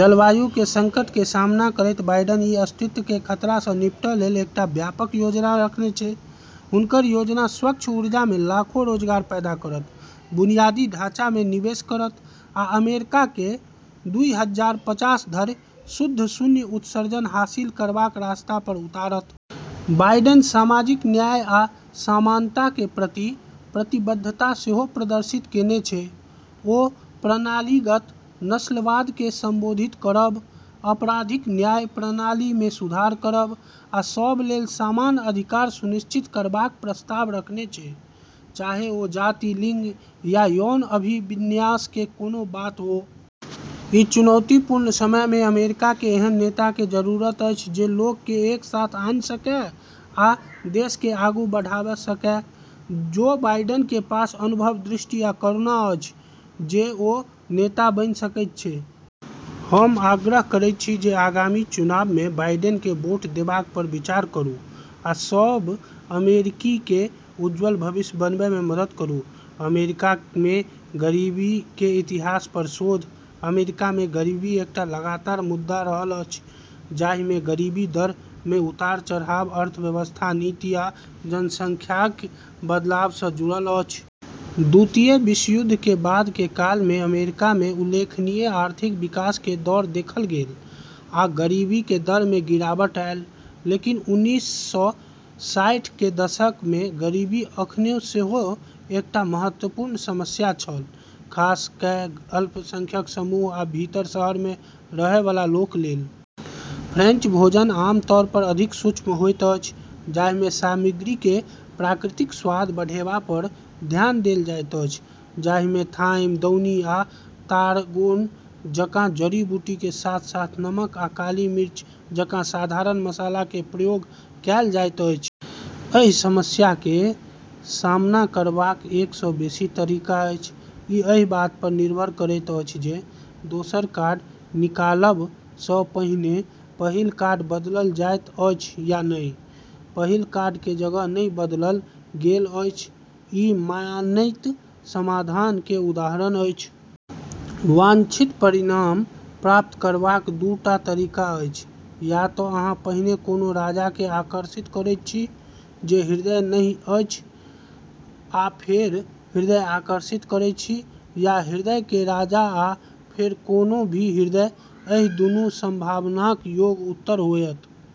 जलवायु संकट के सामना करैत बाइडेन ई अस्तित्व के खतरा सँ निपटै लेल एकटा व्यापक योजना रखने छै। हुनकर योजना स्वच्छ ऊर्जा मे लाखो रोजगार पैदा करत, बुनियादी ढाँचा मे निवेश करत, आ अमेरिका के दुई हजार पचास धरि शुद्ध शून्य उत्सर्जन हासिल करबाक रास्ता पर उतारत। बाइडेन सामाजिक न्याय आ समानता के प्रति प्रतिबद्धता सेहो प्रदर्शित केने छै। ओ प्रणालीगत नस्लवाद के संबोधित करब, आपराधिक न्याय प्रणाली मे सुधार करब, आ सब लेल समान अधिकार सुनिश्चित करबाक प्रस्ताव रखने छै, चाहे ओ जाति, लिंग या यौन अभिविन्यास के कोनो बात हो। ई चुनौतीपूर्ण समय मे अमेरिका के एहन नेता के जरूरत अछि जे लोक के एक साथ आने सके आ देश के आगू बढ़एब सके। जो बाइडेन के पास अनुभव, दृष्टि, आ करुणा अछि जे ओ नेता बनि सकैत छै। हम आग्रह करैत छी जे आगामी चुनाव मे बाइडेन के वोट देबाक पर विचार करू आ सब अमेरिकी के उज्जवल भविष्य बनएब मे मदद करू। अमेरिका मे गरीबी के इतिहास पर शोध। अमेरिका मे गरीबी एकटा लगातार मुद्दा रहल अछि, जाहि मे गरीबी दर मे उतार-चढ़ाव अर्थव्यवस्था, नीति आ जनसांख्यिकीय बदलाव सँ जुडल अछि। द्वितीय विश्वयुद्ध के बाद के काल मे अमेरिका मे उल्लेखनीय आर्थिक विकास के दौर देखल गेल आ गरीबी के दर मे गिरावट आयल। लेकिन उन्नीस सय साठ के दशक मे गरीबी अखनी सेहो एकटा महत्वपूर्ण समस्या छल, खास कए अल्पसंख्यक समूह आ भीतरी शहर मे रहय वाला लोक लेल। फ्रेंच भोजन आम तौर पर अधिक सूक्ष्म होइत अछि, जाहि मे सामग्री के प्राकृतिक स्वाद बढ़एबा पर ध्यान देल जाइत अछि, जाहि मे थाइम, दौनी, आ तारगोन जकां जड़ी-बूटी के साथ-साथ नमक आ काली मिर्च जकां साधारण मसाला के प्रयोग कएल जाइत अछि। एहि समस्या के सामना करबाक एक सँ बेसी तरीका अछि, ई एहि बात पर निर्भर करैत अछि जे दोसर कार्ड निकालब सँ पहिने पहिल कार्ड बदलल जायत अछि या नहि। पहिल कार्ड के जगह नहि बदलल गेल अछि ई मानैत समाधान के उदाहरण अछि। वांछित परिणाम प्राप्त करबाक दू टा तरीका अछि या त अहाँ पहिने कोनो राजा के आकर्षित करैत छी जे हृदय नहि अछि आ फेर हृदय आकर्षित करैत छी या हृदय के राजा आ फेर कोनो भी हृदय। एहि दुनू संभावनाक योग उत्तर होयत।